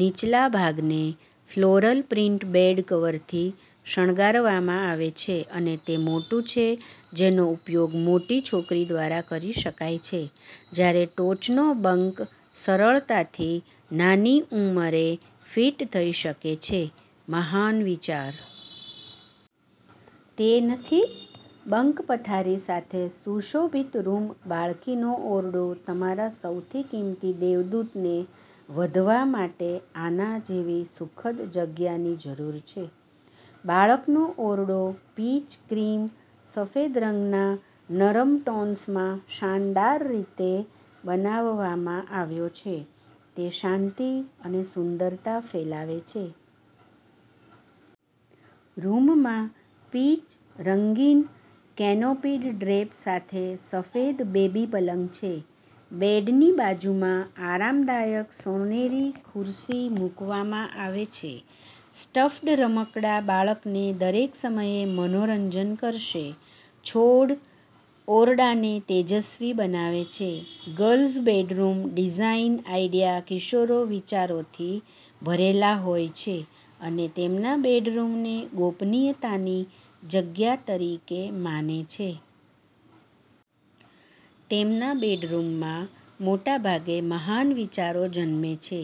નીચલા ભાગને floral print bed કવરથી શણગારવામાં આવે છે અને તે મોટું છે જેનો ઉપયોગ મોટી છોકરી દ્વારા કરી શકાય છે જ્યારે ટોચનો બંક સરળતાથી નાની ઉંમરે ફિટ થઈ શકે છે. મહાન વિચાર! તે નથી? બંક પથારી સાથે સુશોભિત રૂમ બાળકીનો ઓરડો તમારા સૌથી કિંમતી દેવદૂતને વધવા માટે આના જેવી સુખદ જગ્યાની જરૂર છે. બાળકનો ઓરડો પીચ-ક્રીમ-સફેદ રંગના નરમ ટોન્સમાં શાનદાર રીતે બનાવવામાં આવ્યો છે. તે શાંતિ અને સુંદરતા ફેલાવે છે. રૂમમાં પીચ-રંગીન, કેનોપીડ ડ્રેપ સાથે સફેદ બેબી પલંગ છે. બેડની બાજુમાં આરામદાયક સોનેરી ખુરશી મૂકવામાં આવે છે. સ્ટફ્ડ રમકડાં બાળકને દરેક સમયે મનોરંજન કરશે. છોડ ઓરડાને તેજસ્વી બનાવે છે. ગર્લ્સ બેડરૂમ ડિઝાઇન આઈડિયા કિશોરો વિચારોથી ભરેલા હોય છે અને તેમના બેડરૂમને ગોપનીયતાની જગ્યા તરીકે માને છે. તેમના બેડરૂમમાં મોટાભાગે મહાન વિચારો જન્મે છે,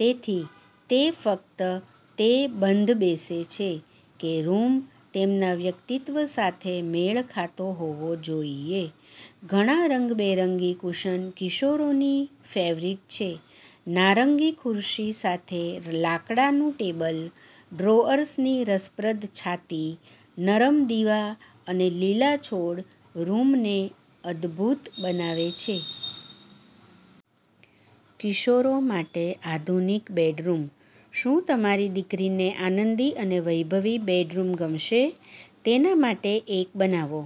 તેથી તે ફક્ત તેબંધબેસે છે કે રૂમ તેમના વ્યક્તિત્વ સાથે મેળ ખાતો હોવો જોઈએ. ઘણાં રંગબેરંગી કુશન કિશોરોની ફેવરિટ છે. નારંગી ખુરશી સાથે લાકડાનું ટેબલ, ડ્રોઅર્સની રસપ્રદ છાતી, નરમ દીવા અને લીલા છોડ રૂમને અદ્ભુત બનાવે છે. કિશોરો માટે આધુનિક બેડરૂમ. શું તમારી દીકરીને આનંદી અને વૈભવી બેડરૂમ ગમશે? તેના માટે એક બનાવો.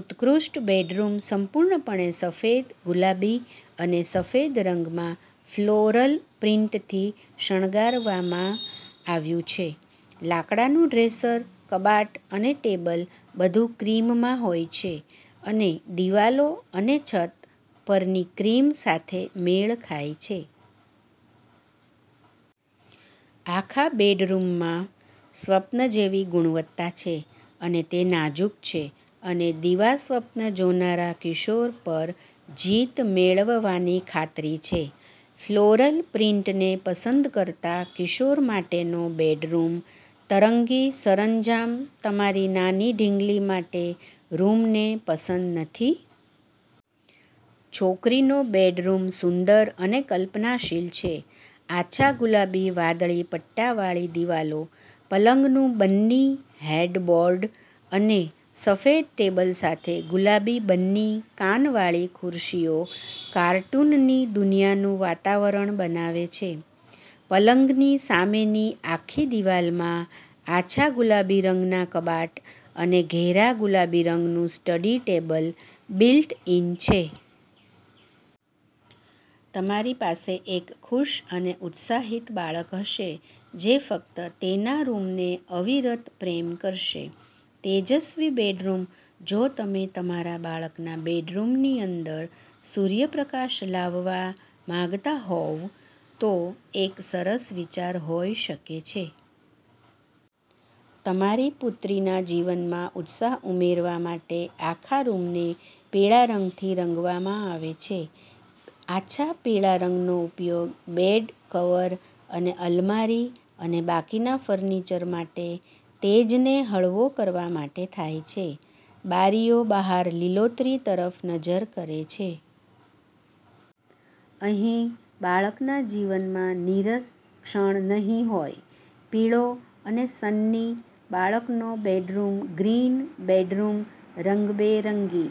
ઉત્કૃષ્ટ બેડરૂમ સંપૂર્ણપણે સફેદ ગુલાબી અને સફેદ રંગમાં ફ્લોરલ પ્રિન્ટથી શણગારવામાં આવ્યું છે. લાકડાનું ડ્રેસર, કબાટ અને ટેબલ બધું ક્રીમમાં હોય છે અને દિવાલો અને છત પરની ક્રીમ સાથે મેળ ખાય છે. આખા બેડરૂમમાં સ્વપ્ન જેવી ગુણવત્તા છે અને તે નાજુક છે અને દિવાસ્વપ્ન જોનારા કિશોર પર જીત મેળવવાની ખાતરી છે. ફ્લોરલ પ્રિન્ટને પસંદ કરતા કિશોર માટેનો બેડરૂમ તરંગી સરંજામ તમારી નાની ઢીંગલી માટે રૂમને પસંદ નથી? છોકરીનો બેડરૂમ સુંદર અને કલ્પનાશીલ છે. આછા ગુલાબી-વાદળી પટ્ટાવાળી દિવાલો, પલંગનું બન્ની હેડબોર્ડ અને સફેદ ટેબલ સાથે ગુલાબી બન્ની કાનવાળી ખુરશીઓ કાર્ટૂનની દુનિયાનું વાતાવરણ બનાવે છે. પલંગની સામેની આખી દિવાલમાં આછા ગુલાબી રંગના કબાટ અને ઘેરા ગુલાબી રંગનું સ્ટડી ટેબલ બિલ્ટ-ઇન છે. તમારી પાસે એક ખુશ અને ઉત્સાહિત બાળક હશે જે ફક્ત તેના રૂમને અવિરત પ્રેમ કરશે. તેજસ્વી બેડરૂમ જો તમે તમારા બાળકના બેડરૂમની અંદર સૂર્યપ્રકાશ લાવવા માંગતા હોવ તો એક સરસ વિચાર હોઈ શકે છે. તમારી પુત્રીના જીવનમાં ઉત્સાહ ઉમેરવા માટે આખા રૂમને પીળા રંગથી રંગવામાં આવે છે. આછા પીળા રંગનો ઉપયોગ બેડ કવર અને અલમારી અને બાકીના ફર્નિચર માટે તેજને હળવો કરવા માટે થાય છે. બારીઓ બહાર લીલોતરી તરફ નજર કરે છે. અહીં બાળકના જીવનમાં નીરસ ક્ષણ નહીં હોય! પીળો અને સન્ની બાળકનો બેડરૂમ ગ્રીન બેડરૂમ રંગબેરંગી